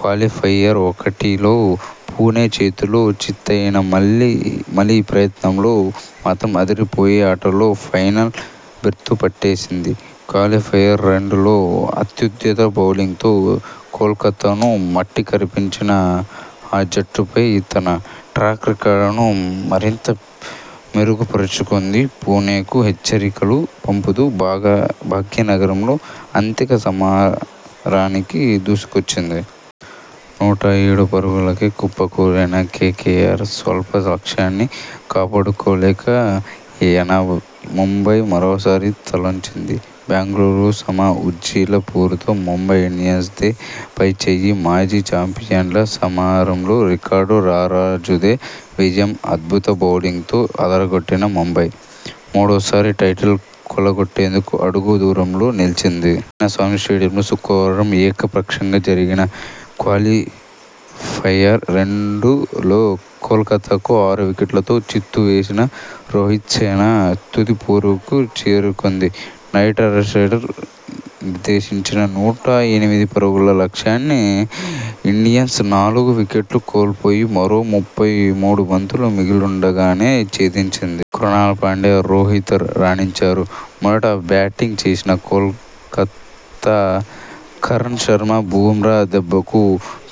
Qualifier ఒకటిలో పుణె చేతిలో చిత్తయినా మళ్ళీ మలి ప్రయత్నంలో మాత్రం అదిరిపోయే ఆటతో ఫైనల్ బెర్తు పట్టేసింది! క్వాలిఫయర్ రెండులో అత్యద్భుత బౌలింగ్తో కోల్కతాను మట్టికరిపించినా. ఆ జట్టుపై తన ట్రాక్ రికార్డును మరింత మెరుగు పరుచుకుంటూ పుణెకు హెచ్చరికలు పంపుతూ బాగా భాగ్యనగరంలో అంతిమ సమరానికి దూసుకొచ్చింది. నూట ఏడు పరుగులకే కుప్ప కూలిన కేకేఆర్ స్వల్ప లక్ష్యాన్ని కాపాడుకోలేక ముంబైకి మరోసారి తలొంచింది. బెంగళూరు సమ ఉజ్జీల పోరులో ముంబై ఇండియన్స్దే పైచేయి. మాజీ చాంపియన్ల సమరంలో రికార్డుల రారాజుదే విజయం. అద్భుత బౌలింగ్తో అదరగొట్టిన ముంబై, మూడోసారి టైటిల్ కొల్లగొట్టేందుకు అడుగు దూరంలో నిలిచింది. చిన్నస్వామి స్టేడియంలో శుక్రవారం ఏక పక్షంగా జరిగిన క్వాలిఫయర్ రెండు లో కోల్కతాను ఆరు వికెట్లతో చిత్తు చేసిన రోహిత్సేన తుది పోరుకు చేరుకుంది. నైట్ రైడర్స్ నిర్దేశించిన నూట ఎనిమిది పరుగుల లక్ష్యాన్ని ఇండియన్స్ నాలుగు వికెట్లు కోల్పోయి మరో ముప్పై మూడు బంతులు మిగిలుండ గానే ఛేదించింది. క్రునాల్ పాండ్యా, రోహిత్ రాణించారు. మొదట బ్యాటింగ్ చేసిన కోల్కతా, కర్ణ్ శర్మ, బుమ్రా దెబ్బకు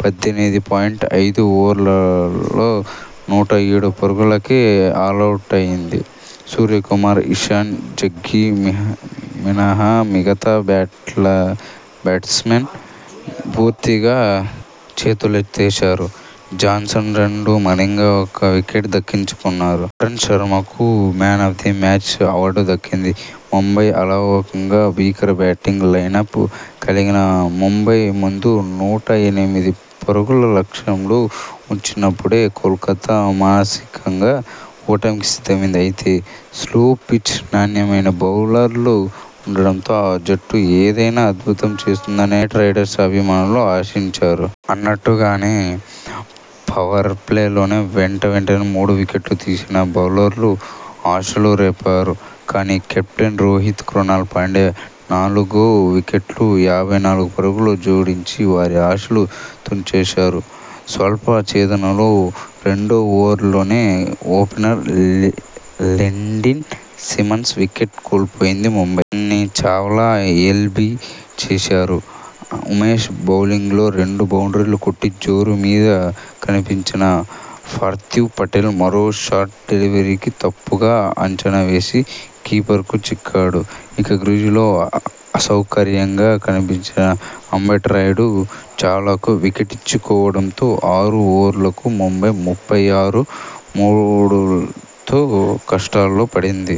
పద్దెనిమిది పాయింట్ ఐదు ఓవర్లలో నూట ఏడు పరుగులకే ఆలౌటైంది. సూర్యకుమార్, ఇషాంక్ జగ్గీ మీ మినహా మిగతా బట్ల బ్యాట్స్మెన్ పూర్తిగా చేతులెత్తేశారు. జాన్సన్ రెండు, మలింగ ఒక వికెట్ దక్కించుకున్నారు. కర్ణ్ శర్మకు 'man of the match' award దక్కింది. ముంబై అలవోకగా, భీకర బ్యాటింగ్ లైనప్ కలిగిన ముంబై ముందు నూట ఎనిమిది పరుగుల లక్ష్యాలో ఉంచినప్పుడే కోల్కతా మానసికంగా ఓటమికి సిద్ధమైంది. అయితే, స్లో పిచ్, నాణ్యమైన బౌలర్లు ఉండడంతో ఆ జట్టు ఏదైనా అద్భుతం చేస్తుందని రైడర్స్ అభిమానులు ఆశించారు. అన్నట్టుగానే, పవర్ప్లేలోనే వెంట వెంటనే మూడు వికెట్లు తీసిన బౌలర్లు ఆశలు రేపారు. కానీ, కెప్టెన్ రోహిత్, క్రునాల్ పాండ్యా నాలుగో వికెట్కు యాభై నాలుగు పరుగులు జోడించి వారి ఆశలు తుంచేశారు. స్వల్ప ఛేదనలో రెండో ఓవర్లోనే ఓపెనర్ లెండి లెండిల్ సిమన్స్ వికెట్ కోల్పోయింది ముంబై. ణ్ణి చావ్లా ఎల్బీ చేశాడు. ఉమేష్ బౌలింగ్లో రెండు బౌండ్రీలు కొట్టి జోరు మీద కనిపించిన పార్థివ్ పటేల్ మరో షార్ట్ డెలివరీని తప్పుగా అంచనా వేసి కీపర్కు చిక్కాడు. ఇక, క్రీజులో అసౌకర్యంగా కనిపించిన అంబటి రాయుడు చావ్లాకు వికెట్ ఇచ్చుకోవడంతో ఆరు ఓవర్లకు ముంబై ముప్పై ఆరు ,మూడుతో కష్టాల్లో పడింది.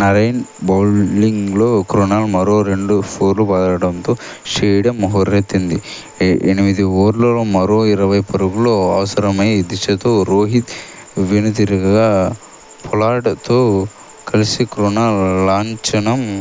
నరైన్ బౌలింగ్లో క్రునాల్ మరో రెండు ఫోర్లు బాదడంతో స్టేడియం హోరెత్తింది. ఏ ఎనిమిది ఓవర్లలో మరో ఇరవై పరుగులు అవసరమైన ధీశలో రోహిత్ వెనుదిరిగినా పొలార్డ్ తో కలిసి క్రునాల్ లాంఛనం